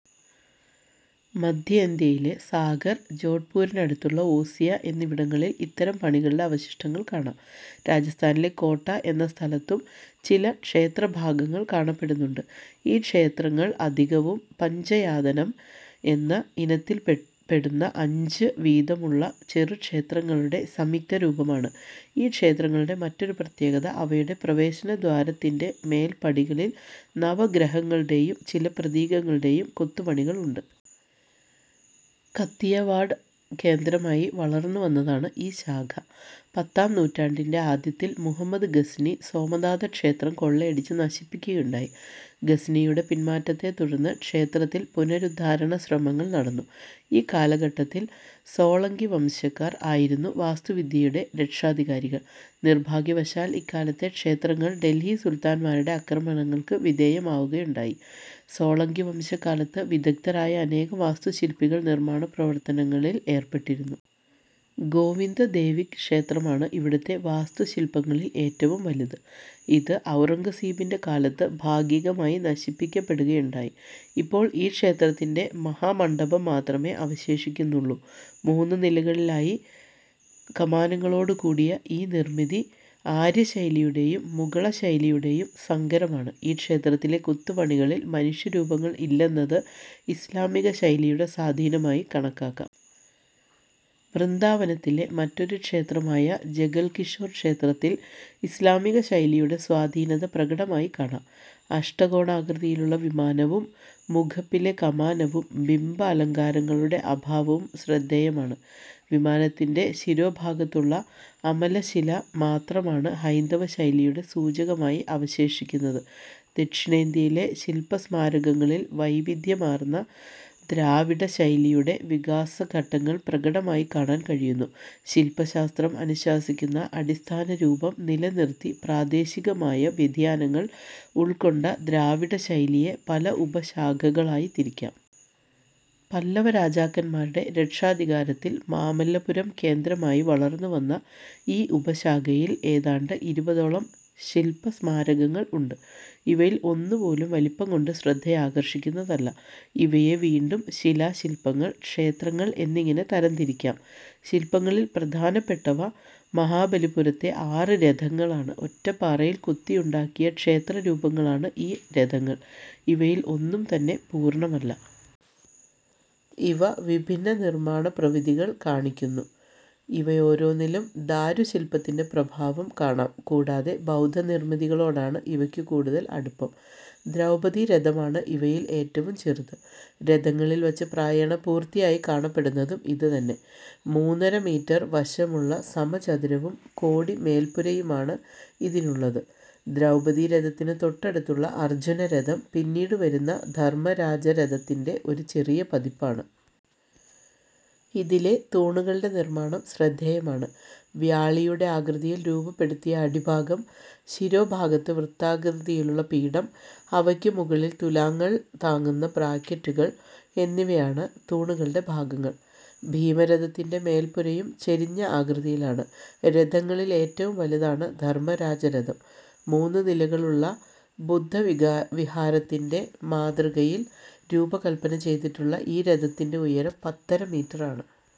മദ്ധ്യേന്ത്യയിലെ സാഗർ, ജോഡ്പൂരിനടുത്തുള്ള ഓസിയ എന്നിവിടങ്ങളിൽ ഇത്തരം പണികളുടെ അവശിഷ്ടങ്ങൾ കാണാം. രജസ്ഥാനിലെ കോട്ട എന്ന സ്ഥലത്തും ചില ക്ഷേത്രഭാഗങ്ങൾ കാണപ്പെടുന്നുണ്ട്. ഈ ക്ഷേത്രങ്ങൾ അധികവും പഞ്ചയാതനം എന്ന ഇനത്തില്പെടുന്ന അഞ്ചു വീതമുള്ള ചെറുക്ഷേത്രങ്ങളുടെ സംയുക്തരൂപമാണ്. ഈ ക്ഷേത്രങ്ങളുടെ മറ്റൊരു പ്രത്യേകത അവയുടെ പ്രവേശനദ്വാരത്തിന്റെ മേല്പടികളിൽ നവഗ്രഹങ്ങളുടെയും ചില പ്രതീകങ്ങളുടെയും കൊത്തുപണികൾ ഉണ്ട്. കത്തിയവാഡ് കേന്ദ്രമായി വളർന്നുവന്നതാണ് ഈ ശാഖ. പത്താം നൂറ്റാണ്ടിന്റെ ആദ്യത്തിൽ മുഹമ്മദ് ഗസ്നി സോമനാഥ ക്ഷേത്രം കൊള്ളയടിച്ചു നശിപ്പിക്കുകയുണ്ടായി. ഗസ്നിയുടെ പിന്മാറ്റത്തെത്തുടർന്ന് ക്ഷേത്രത്തിൽ പുനരുദ്ധാരണശ്രമങ്ങൾ നടന്നു. ഈ കലഘട്ടത്തിൽ സോളങ്കിവംശക്കാർ ആയിരുന്നു വാസ്തുവിദ്യയുടെ രക്ഷാധികാരികൾ. നിർഭാഗ്യവശാൽ ഇക്കാലത്തെ ക്ഷേത്രങ്ങൾ ഡൽഹി സുൽത്താന്മാരുടെ ആക്രമണങ്ങൾക്കു വിധേയമാകുകയുണ്ടായി. സോളങ്കിവംശക്കാലത്ത് വിദഗ്ദ്ധരായ അനേകം വാസ്തുശില്പികൾ നിർമ്മാണപ്രവർത്ത്നങ്ങളിൽ ഏർപ്പെട്ടിരുന്നു. ഗോവിന്ദദേവിക് ക്ഷേത്രമാണ് ഇവിടത്തെ വാസ്തുശില്പങ്ങളിൽ ഏറ്റവും വലുത്. ഇത് ഔറംഗസീബിന്റെ കാലത്ത് ഭാഗികമായി നശിപ്പിക്കപെടുകയുണ്ടായി. ഇപ്പോൾ ഈ ക്ഷേത്രത്തിന്റെ മഹാമണ്ഡപം മാത്രമേ അവശേഷിക്കുന്നുള്ളു. മൂന്നുനിലകളിലായി കമാനങ്ങളോടുകൂടിയ ഈ നിർമിതി ആര്യശൈലിയുടെയും മുഗളശൈലിയുടെയും സങ്കരമാണ്. ഈ ക്ഷേത്രത്തിലെ കൊത്തുപണികളിൽ മനുഷ്യരൂപങ്ങൾ ഇല്ലെന്നത് ഇസ്ലാമിക ശൈലിയുടെ സ്വാധീനമായി കണക്കാക്കാം. വൃന്ദാവനത്തിലെ മറ്റൊരു ക്ഷേത്രമായ ജഗൽകിഷോർ ക്ഷേത്രത്തിൽ ഇസ്ലാമിക ശൈലിയുടെ സ്വാധീനത പ്രകടമായി കാണാം. അഷ്ടകോണാകൃതിയിലുള്ള വിമാനവും മുഖപ്പിലെ കമാനവും ബിംബാലങ്കാരങ്ങളുടെ അഭാവവും ശ്രദ്ധേയമാണ്. വിമാനത്തിന്റെ ശിരോഭാഗത്തുള്ള അമലശില മാത്രമാണ് ഹൈന്ദവശൈലിയുടെ സൂചകമായി അവശേഷിക്കുന്നത്. ദക്ഷിണേന്ത്യയിലെ ശില്പസ്മാരകങ്ങളിൽ വൈവിധ്യമാർന്ന ദ്രാവിഡശൈലിയുടെ വികാസഘട്ടങ്ങൾ പ്രകടമായി കാണാൻ കഴിയുന്നു. ശില്പശാസ്ത്രം അനുശാസിക്കുന്ന അടിസ്ഥാന രൂപം നിലനിറുത്തി പ്രാദേശികമായ വ്യതിയാനങ്ങൾ ഉൾക്കൊണ്ട ദ്രാവിഡശൈലിയെ പല ഉപശാഖകളായി തിരിക്കാം. പല്ലവരാജാക്കന്മാരുടെ രക്ഷാധികാരത്തിൽ മാമല്ലപുരം കേന്ദ്രമായി വളർന്നുവന്ന ഈ ഉപശാഖയിൽ ഏതാണ്ട് ഇരുപതോളം ശില്പസ്മാരകങ്ങൾ ഉണ്ട്. ഇവയിൽ ഒന്നുപോലും വലിപ്പംകൊണ്ട് ശ്രദ്ധയാകർഷിക്കുന്നതല്ല. ഇവയെ വീണ്ടും ശിലാശില്പങ്ങൾ, ക്ഷേത്രങ്ങൾ എന്നിങ്ങനെ തരംതിരിക്കാം. ശില്പങ്ങളിൽ പ്രധാനപ്പെട്ടവ മഹാബലിപുരത്തെ ആറു രഥങ്ങളാണ്: ഒറ്റപ്പാറയിൽ കൊത്തിയുണ്ടാക്കിയ ക്ഷേത്രരൂപങ്ങളാണ് ഈ രഥങ്ങൾ. ഇവയിൽ ഒന്നും തന്നെ പൂർണമല്ല. ഇവ വിഭിന്ന നിർമ്മാണ പ്രവിധികൾ കാണിക്കുന്നു. ഇവയോരോന്നിലും ദാരുശില്പത്തിന്റെ പ്രഭാവം കാണാം. കൂടാതെ ബൗദ്ധനിർമിതികളൊടാണ് ഇവയ്ക്ക് കൂടുതൽ അടുപ്പം. ദ്രൗപതീരഥമാണ് ഇവയിൽ ഏറ്റവും ചെറുത്; രഥങ്ങളിൽവച്ച് പ്രായേണ പൂർത്തിയായി കാണപ്പെടുന്നതും ഇതുതന്നെ. മൂന്നരമീറ്റർ വശമുള്ള സമചതുരവും കോടിമേല്പുരയുമാണ് ഇതിനുള്ളത്. ദ്രൗപതീരഥത്തിന് തൊട്ടടുത്തുള്ള അർജ്ജുനരഥം പിന്നീടുവരുന്ന ധർമരാജരഥത്തിന്റെ ഒരു ചെറിയ പതിപ്പാണ്. ഇതിലെ തൂണുകളുടെ നിർമ്മാണം ശ്രദ്ധേയമാണ്. വ്യാളിയുടെ ആകൃതിയിൽ രൂപപ്പെടുത്തിയ അടിഭാഗം, ശിരോഭാഗത്ത് വൃത്താകൃതിയിലുള്ള പീഠം അവയ്ക്ക് മുകളിൽ തുലാങ്ങൾ താങ്ങുന്ന ബ്രാക്കറ്റുകൾ എന്നിവയാണ് തൂണുകളുടെ ഭാഗങ്ങൾ. ഭീമരഥത്തിന്റെ മേല്പുരയും ചരിഞ്ഞ ആകൃതിയിലാണ്. രഥങ്ങളിൽ ഏറ്റവും വലുതാണ് ധർമരാജരഥം. മൂന്നുനിലകളുള്ള ബുദ്ധവിഹാരത്തിന്റെ മാതൃകയിൽ രൂപകല്പനച്യ്തിട്ടുള്ള ഈ രഥത്തിന്റെ ഉയരം പത്തര മീറ്റർ ആണ്.